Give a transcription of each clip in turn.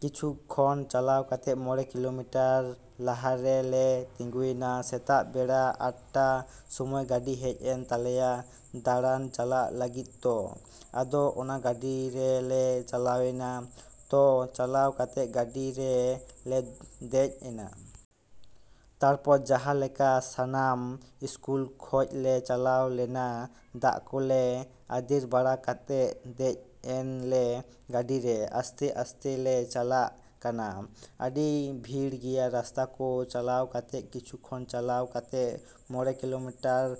‎ᱠᱤᱪᱷᱩ ᱠᱷᱚᱱ ᱪᱟᱞᱟᱣ ᱠᱟᱛᱮᱫ ᱢᱚᱲᱮ ᱠᱤᱞᱚᱢᱤᱴᱟᱨ ᱞᱟᱦᱟᱨᱮ ᱞᱮ ᱛᱤᱸᱜᱩᱭᱮᱱᱟ᱾ ᱥᱮᱛᱟᱜ ᱵᱮᱲᱟ ᱟᱴ ᱴᱟ ᱥᱚᱢᱚᱭ ᱜᱟᱹᱰᱤ ᱦᱮᱡ ᱮᱱ ᱛᱟᱞᱮᱭᱟ ᱫᱟᱲᱟᱱ ᱪᱟᱞᱟᱜ ᱞᱟᱹᱜᱤᱫ ᱛᱚ᱾ ᱟᱫᱚ ᱚᱱᱟ ᱜᱟᱹᱰᱤ ᱨᱮ ᱞᱮ ᱪᱟᱞᱟᱣᱮᱱᱟ᱾ ᱛᱚ ᱪᱟᱞᱟᱣ ᱠᱟᱛᱮᱫ ᱜᱟᱹᱰᱤ ᱨᱮ ᱞᱮ ᱫᱮᱡ ᱮᱱᱟ᱾ ᱛᱟᱯᱚᱨ ᱡᱟᱸᱦᱟ ᱞᱮᱠᱟ ᱥᱟᱱᱟᱢ ᱤᱥᱠᱩᱞ ᱠᱷᱚᱡ ᱞᱮ ᱪᱟᱞᱟᱣ ᱞᱮᱱᱟ ᱫᱟᱜ ᱠᱚ ᱞᱮ ᱟᱫᱮᱨ ᱵᱟᱲᱟ ᱠᱟᱛᱮᱫ ᱫᱮᱡ ᱮᱱᱟ ᱞᱮ ᱜᱟᱹᱰᱤ ᱨᱮ᱾ ᱟᱥᱛᱮᱼᱟᱥᱛᱮ ᱞᱮ ᱪᱟᱞᱟᱜ ᱠᱟᱱᱟ᱾ ᱟᱹᱰᱤ ᱵᱷᱤᱲ ᱜᱮᱭᱟ ᱨᱟᱥᱛᱟ ᱠᱚ ᱪᱟᱞᱟᱣ ᱠᱟᱛᱮᱫ ᱠᱤᱪᱷᱩ ᱠᱷᱚᱱ ᱪᱟᱞᱟᱣ ᱠᱟᱛᱮᱫ ᱢᱚᱲᱮ ᱠᱤᱞᱚᱢᱤᱴᱟᱨ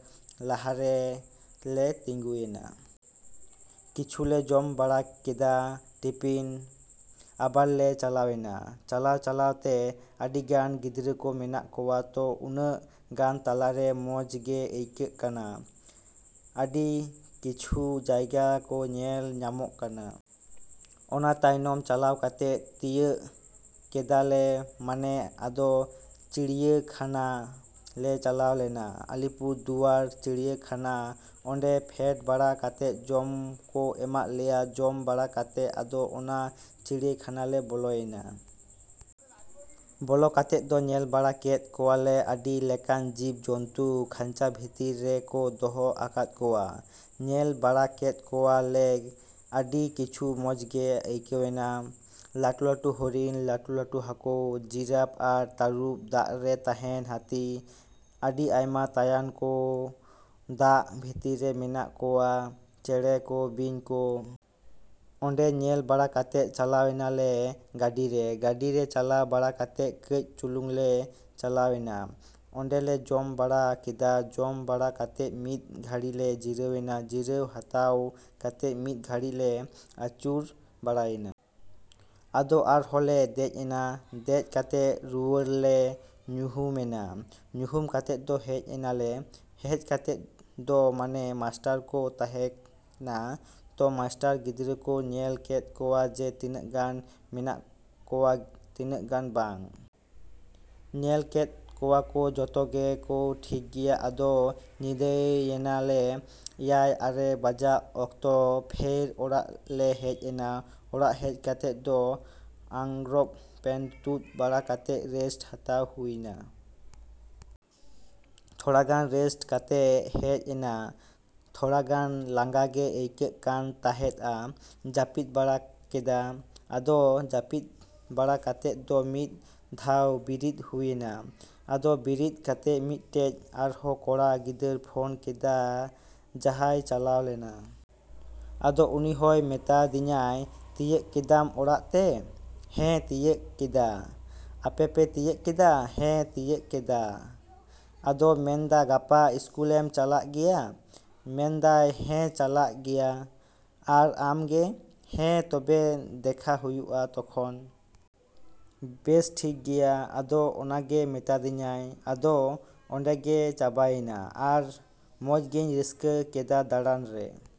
ᱞᱟᱦᱟᱨᱮ ᱞᱮ ᱛᱤᱸᱜᱩᱭᱮᱱᱟ᱾ ᱠᱤᱪᱷᱩ ᱞᱮ ᱡᱚᱢ ᱵᱟᱲᱟ ᱠᱮᱫᱟ ᱴᱤᱯᱷᱤᱱ᱾ ᱟᱵᱟᱨ ᱞᱮ ᱪᱟᱞᱟᱣᱮᱱᱟ᱾ ᱪᱟᱞᱟᱣᱼᱪᱟᱞᱟᱣ ᱛᱮ ᱟᱹᱰᱤ ᱜᱟᱱ ᱜᱤᱫᱽᱨᱟᱹ ᱠᱚ ᱢᱮᱱᱟᱜ ᱠᱚᱣᱟ ᱛᱚ ᱩᱱᱟᱹᱜ ᱜᱟᱱ ᱛᱟᱞᱟ ᱨᱮ ᱢᱚᱪ ᱜᱮ ᱟᱹᱭᱠᱟᱹᱜ ᱠᱟᱱᱟ᱾ ᱟᱹᱰᱤ ᱠᱤᱪᱷᱩ ᱡᱟᱭᱜᱟ ᱠᱚ ᱧᱮᱞ ᱧᱟᱢᱚᱜ ᱠᱟᱱᱟ᱾ ᱚᱱᱟ ᱛᱟᱭᱚᱢ ᱪᱟᱞᱟᱣ ᱠᱟᱛᱮᱫ ᱛᱤᱭᱟᱹᱜ ᱠᱮᱫᱟ ᱞᱮ ᱢᱟᱱᱮ ᱟᱫᱚ ᱪᱤᱲᱭᱟᱹ ᱠᱷᱟᱱ ᱞᱮ ᱪᱟᱞᱟᱣ ᱞᱮᱱᱟ᱾ ᱟᱞᱤᱯᱩᱨ ᱫᱩᱣᱟᱨ ᱪᱤᱲᱭᱟᱹ ᱠᱷᱟᱱᱟ᱾ ᱚᱸᱰᱮ ᱯᱷᱮᱰ ᱵᱟᱲᱟ ᱠᱟᱛᱮᱫ ᱡᱚᱢ ᱠᱚ ᱮᱢᱟᱜ ᱞᱮᱭᱟ᱾ ᱡᱚᱢ ᱵᱟᱲᱟ ᱠᱟᱛᱮᱫ ᱟᱫᱚ ᱚᱱᱟ ᱪᱤᱲᱭᱟᱹ ᱠᱷᱟᱱᱟ ᱞᱮ ᱵᱚᱞᱚᱭᱮᱱᱟ᱾ ᱵᱚᱞᱚ ᱠᱟᱛᱮᱫ ᱫᱚ ᱧᱮᱞ ᱵᱟᱲᱟ ᱠᱮᱫ ᱠᱚᱣᱟ ᱞᱮ ᱟᱹᱰᱤ ᱞᱮᱠᱟᱱ ᱡᱤᱵ ᱡᱚᱱᱛᱩ ᱠᱷᱟᱧᱪᱟ ᱵᱷᱤᱛᱤᱨ ᱨᱮ ᱠᱚ ᱫᱚᱦᱚ ᱟᱠᱟᱫ ᱠᱚᱣᱟ᱾ ᱧᱮᱞ ᱵᱟᱲᱟ ᱠᱮᱫ ᱠᱚᱣᱟ ᱞᱮ ᱟᱹᱰᱤ ᱠᱤᱪᱷᱩ ᱢᱚᱪ ᱜᱮ ᱟᱹᱭᱠᱟᱹᱣᱮᱱᱟ᱾ ᱞᱟᱹᱴᱩᱼᱞᱟᱹᱴᱩ ᱦᱚᱨᱤᱱ, ᱞᱟᱹᱴᱩᱼᱞᱟᱹᱴᱩ ᱦᱟᱠᱩ, ᱡᱤᱨᱟᱯ ᱟᱨ ᱛᱟᱹᱨᱩᱵ, ᱫᱟᱜ ᱨᱮ ᱛᱟᱦᱮᱸᱱ ᱦᱟᱹᱛᱤ, ᱟᱹᱰᱤ ᱟᱭᱢᱟ ᱛᱟᱭᱟᱱ ᱠᱚ ᱫᱟᱜ ᱵᱷᱤᱛᱤᱨ ᱨᱮ ᱢᱮᱱᱟᱜ ᱠᱚᱣᱟ, ᱪᱮᱬᱮᱸ ᱠᱚ, ᱵᱤᱧ ᱠᱚ᱾ ᱚᱸᱰᱮ ᱧᱮᱞ ᱵᱟᱲᱟ ᱠᱟᱛᱮᱫ ᱪᱟᱞᱟᱣᱮᱱᱟ ᱞᱮ ᱜᱟᱹᱰᱤ ᱨᱮ᱾ ᱜᱟᱹᱰᱤ ᱨᱮ ᱪᱟᱞᱟᱣ ᱵᱟᱲᱟ ᱠᱟᱛᱮᱫ ᱠᱟᱹᱪ ᱪᱩᱞᱩᱝ ᱞᱮ ᱪᱟᱞᱟᱣᱮᱱᱟ᱾ ᱚᱸᱰᱮ ᱞᱮ ᱡᱚᱢ ᱵᱟᱲᱟ ᱠᱮᱫᱟ᱾ ᱡᱚᱢ ᱵᱟᱲᱟ ᱠᱟᱛᱮᱫ ᱢᱤᱫ ᱜᱷᱟᱹᱲᱤ ᱞᱮ ᱡᱤᱨᱟᱹᱣᱮᱱᱟ᱾ ᱡᱤᱨᱟᱹᱣ ᱦᱟᱛᱟᱣ ᱠᱟᱛᱮᱫ ᱢᱤᱫ ᱜᱷᱟᱹᱲᱤ ᱞᱮ ᱟᱹᱪᱩᱨ ᱵᱟᱲᱟᱭᱮᱱᱟ᱾ ᱟᱫᱚ ᱟᱨᱦᱚᱸ ᱞᱮ ᱫᱮᱡ ᱮᱱᱟ᱾ ᱫᱮᱡ ᱠᱟᱛᱮᱫ ᱨᱩᱣᱟᱹᱲ ᱞᱮ ᱧᱩᱦᱩᱢᱮᱱᱟ᱾ ᱧᱩᱦᱩᱢ ᱠᱟᱛᱮᱫ ᱫᱚ ᱦᱮᱡ ᱮᱱᱟ ᱞᱮ᱾ ᱦᱮᱡ ᱠᱟᱛᱮᱫ ᱫᱚ ᱢᱟᱱᱮ ᱢᱟᱥᱴᱟᱨ ᱠᱚ ᱛᱟᱦᱮᱸᱱᱟ ᱛᱚ ᱢᱟᱥᱴᱟᱨ ᱜᱤᱫᱽᱨᱟᱹ ᱠᱚ ᱧᱮᱞ ᱠᱮᱫ ᱠᱚᱣᱟ ᱡᱮ ᱛᱤᱱᱟᱹᱜ ᱜᱟᱱ ᱢᱮᱱᱟᱜ ᱠᱚᱣᱟ ᱛᱤᱱᱟᱹᱜ ᱜᱟᱱ ᱵᱟᱝ᱾ ᱧᱮᱞ ᱠᱮᱫ ᱠᱚᱣᱟ ᱠᱚ ᱡᱚᱛᱚ ᱜᱮ ᱠᱚ ᱴᱷᱤᱠ ᱜᱮᱭᱟ᱾ ᱟᱫᱚ ᱧᱤᱫᱟᱹᱭᱮᱱᱟ ᱞᱮ ᱮᱭᱟᱭ ᱟᱨᱮ ᱵᱟᱡᱟᱜ ᱚᱠᱛᱚ ᱯᱷᱮᱨ ᱚᱲᱟᱜ ᱞᱮ ᱦᱮᱡ ᱮᱱᱟ᱾ ᱚᱲᱟᱜ ᱦᱮᱡ ᱠᱟᱛᱮᱫ ᱫᱚ ᱟᱸᱝᱨᱚᱯ ᱯᱮᱱᱴ ᱛᱩᱫ ᱵᱟᱲᱟ ᱠᱟᱛᱮᱫ ᱨᱮᱥ ᱦᱟᱛᱟᱣ ᱦᱩᱭᱱᱟ᱾ ᱛᱷᱚᱲᱟ ᱜᱟᱱ ᱨᱮᱥ ᱠᱟᱛᱮᱫ ᱦᱮᱡ ᱮᱱᱟ᱾ ᱛᱷᱚᱲᱟ ᱜᱟᱱ ᱞᱟᱸᱜᱟ ᱜᱮ ᱟᱹᱭᱠᱟᱹᱜ ᱠᱟᱱ ᱛᱟᱦᱮᱸᱜᱼᱟ᱾ ᱡᱟᱹᱯᱤᱫ ᱵᱟᱲᱟ ᱠᱮᱫᱟ᱾ ᱟᱫᱚ ᱡᱟᱹᱯᱤᱫ ᱵᱟᱲᱟ ᱠᱟᱛᱮᱫ ᱫᱚ ᱢᱤᱫ ᱫᱷᱟᱣ ᱵᱤᱨᱤᱫ ᱦᱩᱭᱮᱱᱟ᱾ ᱟᱫᱚ ᱵᱤᱨᱤᱫ ᱠᱟᱛᱮᱫ ᱢᱤᱫᱴᱮᱡ ᱟᱨᱦᱚᱸ ᱠᱚᱲᱟ ᱜᱤᱫᱽᱨᱟᱹᱭ ᱯᱷᱚᱱ ᱠᱮᱫᱟ ᱡᱟᱦᱟᱸᱭ ᱪᱟᱞᱟᱣ ᱞᱮᱱᱟ᱾ ᱟᱫᱚ ᱩᱱᱤ ᱦᱚᱭ ᱢᱮᱛᱟᱫᱤᱧᱟᱭ ᱛᱤᱭᱟᱹᱜ ᱠᱮᱫᱟᱢ ᱚᱲᱟᱜ ᱛᱮ? ᱦᱮᱸ ᱛᱤᱭᱟᱹᱜ ᱠᱮᱫᱟ᱾ ᱟᱯᱮ ᱯᱮ ᱛᱤᱭᱟᱹᱜ ᱠᱮᱫᱟ? ᱦᱮᱸ ᱛᱤᱭᱟᱹᱜ ᱠᱮᱫᱟ᱾ ᱟᱫᱚᱭ ᱢᱮᱱᱫᱟ ᱜᱟᱯᱟ ᱤᱥᱠᱩᱞᱮᱢ ᱪᱟᱞᱟᱜ ᱜᱮᱭᱟ? ᱢᱮᱱᱫᱟᱭ ᱦᱮᱸ ᱪᱟᱞᱟᱜ ᱜᱮᱭᱟ᱾ ᱟᱨ ᱟᱢ ᱜᱮ? ᱦᱮᱸ ᱛᱚᱵᱮ ᱫᱮᱠᱷᱟ ᱦᱩᱭᱩᱜᱼᱟ ᱛᱚᱠᱷᱚᱱ᱾ ᱵᱮᱥ ᱴᱷᱤᱠ ᱜᱮᱭᱟ᱾ ᱟᱫᱚ ᱚᱱᱟ ᱜᱮ ᱢᱤᱛᱟᱫᱤᱧᱟᱭ᱾ ᱟᱫᱚ ᱚᱸᱰᱮ ᱜᱮ ᱪᱟᱵᱟᱭᱮᱱᱟ᱾ ᱟᱨ ᱢᱚᱪ ᱜᱤᱧ ᱨᱟᱹᱥᱠᱟᱹ ᱠᱮᱫᱟ ᱫᱟᱬᱟᱱ ᱨᱮ᱾।